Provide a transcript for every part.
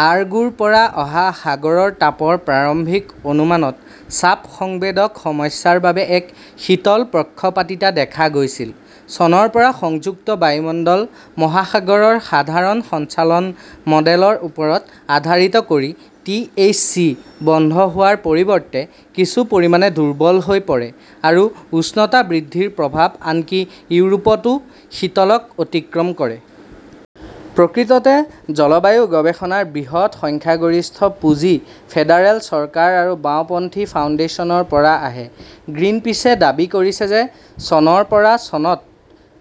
আৰগোৰ পৰা অহা সাগৰৰ তাপৰ প্ৰাৰম্ভিক অনুমানত চাপ সংবেদক সমস্যাৰ বাবে এক শীতল পক্ষপাতিতা দেখা গৈছিল। চনৰ পৰা সংযুক্ত বায়ুমণ্ডল-মহাসাগৰৰ সাধাৰণ সঞ্চালন মডেলৰ ওপৰত আধাৰিত কৰি, টি. এইচ. চি. বন্ধ হোৱাৰ পৰিৱৰ্তে কিছু পৰিমাণে দুৰ্বল হৈ পৰে, আৰু উষ্ণতা বৃদ্ধিৰ প্ৰভাৱ আনকি ইউৰোপতো শীতলক অতিক্ৰম কৰে। প্ৰকৃততে, জলবায়ু-গৱেষণাৰ বৃহৎ সংখ্যাগৰিষ্ঠ পুঁজি ফেডাৰেল চৰকাৰ আৰু বাওঁপন্থী ফাউণ্ডেশ্যনৰ পৰা আহে। গ্ৰীণপিচে দাবী কৰিছে যে চনৰ পৰা চনৰ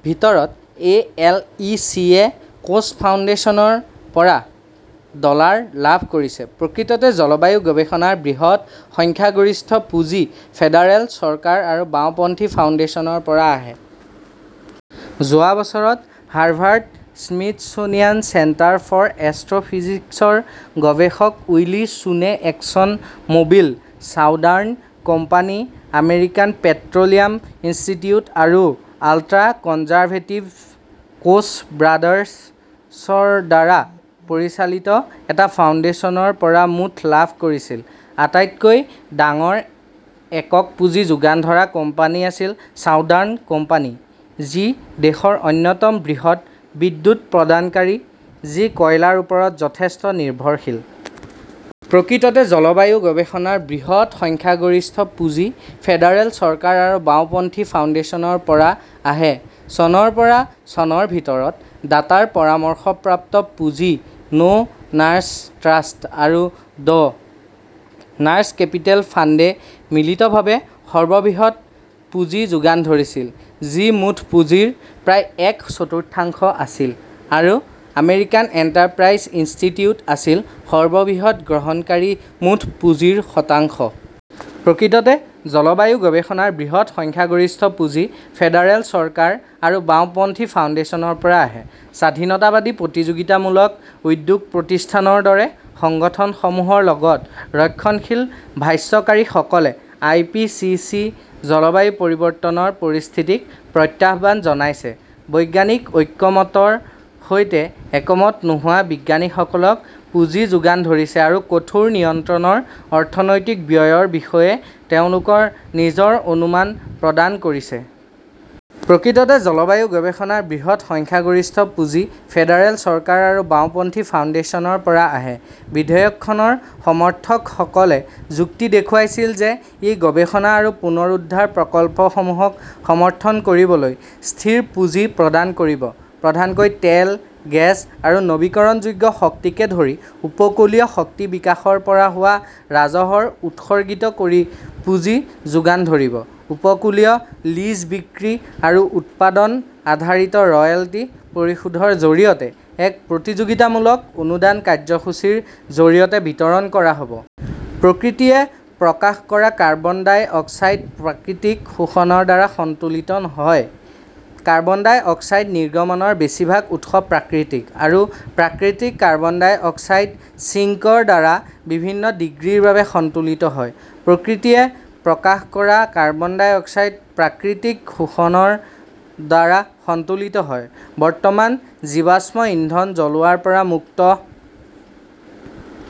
ভিতৰত এ. এল. ই. চি. -য়ে কোচ ফাউণ্ডেশ্যনৰ পৰা ডলাৰ লাভ কৰিছে। প্ৰকৃততে, জলবায়ু-গৱেষণাৰ বৃহৎ সংখ্যাগৰিষ্ঠ পুঁজি ফেডাৰেল চৰকাৰ আৰু বাওঁপন্থী ফাউণ্ডেশ্যনৰ পৰা আহে। যোৱা বছৰত হাৰ্ভাৰ্ড-স্মিথছোনিয়ান চেণ্টাৰ ফৰ এষ্ট্ৰ "ফিজিক্সৰ গৱেষক Willie Soon Exxon Mobil, Southern company, American পেট্ৰ" লিয়াম ইনষ্টিটিউট আৰু আল্ট্ৰা-কনজাৰভেটিভ কোচ ব্ৰাডাৰ্ছৰ দ্বাৰা পৰিচালিত এটা ফাউণ্ডেশ্যনৰ পৰা মুঠ. লাভ কৰিছিল। আটাইতকৈ ডাঙৰ একক পুঁজি যোগান ধৰা কোম্পানী আছিল ছাউদাৰ্ণ কোম্পানী, যি দেশৰ অন্যতম বৃহৎ বিদ্যুৎ প্ৰদানকাৰী যি কয়লাৰ ওপৰত যথেষ্ট নিৰ্ভৰশীল। প্ৰকৃততে, জলবায়ু-গৱেষণাৰ বৃহৎ সংখ্যাগৰিষ্ঠ পুঁজি ফেডাৰেল চৰকাৰ আৰু বাওঁপন্থী ফাউণ্ডেশ্যনৰ পৰা আহে। চনৰ পৰা চনৰ ভিতৰত দাতাৰ পৰামৰ্শপ্ৰাপ্ত পুঁজি ড "নাৰ্ছ ট্ৰাষ্ট আৰু ড" নাৰ্ছ কেপিটেল ফাণ্ডে মিলিতভাৱে সৰ্ববৃহৎ পুঁজি যোগান ধৰিছিল, যি মুঠ পুঁজিৰ প্ৰায় এক চতুৰ্থাংশ আছিল, আৰু আমেৰিকান এণ্টাৰপ্ৰাইজ ইনষ্টিটিউট আছিল সৰ্ববৃহৎ গ্ৰহণকাৰী, মুঠ পুঁজিৰ শতাংশ। প্ৰকৃততে, জলবায়ু-গৱেষণাৰ বৃহৎ সংখ্যাগৰিষ্ঠ পুঁজি ফেডাৰেল চৰকাৰ আৰু বাওঁপন্থী ফাউণ্ডেশ্যনৰ পৰা আহে। স্বাধীনতাবাদী প্ৰতিযোগিতামূলক উদ্যোগ প্ৰতিষ্ঠানৰ দৰে সংগঠনসমূহৰ লগতে ৰক্ষণশীল ভাষ্যকাৰীসকলে আই. পি. চি. চি. জলবায়ু পৰিৱৰ্তনৰ পৰিস্থিতিক প্ৰত্যাহ্বান জনাইছে, বৈজ্ঞানিক ঐক্যমতৰ সৈতে একমত নোহোৱা বিজ্ঞানীসকলক পুঁজি যোগান ধৰিছে, আৰু কঠোৰ নিয়ন্ত্ৰণৰ অৰ্থনৈতিক ব্যয়ৰ বিষয়ে তেওঁলোকৰ নিজৰ অনুমান প্ৰদান কৰিছে। প্ৰকৃততে, জলবায়ু-গৱেষণাৰ বৃহৎ সংখ্যাগৰিষ্ঠ পুঁজি ফেডাৰেল চৰকাৰ আৰু বাওঁপন্থী ফাউণ্ডেশ্যনৰ পৰা আহে। বিধেয়কখনৰ সমৰ্থকসকলে যুক্তি দেখুৱাইছিল যে ই গৱেষণা আৰু পুনৰুদ্ধাৰ প্ৰকল্পসমূহক সমৰ্থন কৰিবলৈ স্থিৰ পুঁজি প্ৰদান কৰিব, প্ৰধানকৈ তেল, গেছ আৰু নৱীকৰণযোগ্য শক্তিকে ধৰি উপকূলীয় শক্তি বিকাশৰ পৰা হোৱা ৰাজহৰ উৎসৰ্গিত কৰি পুঁজি যোগান ধৰিব, উপকূলীয় লিজ বিক্ৰী আৰু উৎপাদন আধাৰিত ৰয়েলটি পৰিশোধৰ জৰিয়তে, এক প্ৰতিযোগিতামূলক অনুদান কাৰ্যসূচীৰ জৰিয়তে বিতৰণ কৰা হ 'ব। প্ৰকৃতিয়ে প্ৰকাশ কৰা কাৰ্বন ডাই অক্সাইড প্ৰাকৃতিক শোষণৰ দ্বাৰা সন্তুলিত হয়। কাৰ্বন ডাই অক্সাইড নিৰ্গমনৰ বেছিভাগ উৎস প্ৰাকৃতিক, আৰু প্ৰাকৃতিক কাৰ্বন ডাই অক্সাইড ছিঙ্কৰ দ্বাৰা বিভিন্ন ডিগ্ৰীৰ বাবে সন্তুলিত হয়। প্ৰকৃতিয়ে প্ৰকাশ কৰা কাৰ্বন ডাই অক্সাইড প্ৰাকৃতিক শোষণৰ দ্বাৰা সন্তুলিত হয়। বৰ্তমান, জীৱাশ্ম ইন্ধন জ্বলোৱাৰ পৰা মুক্ত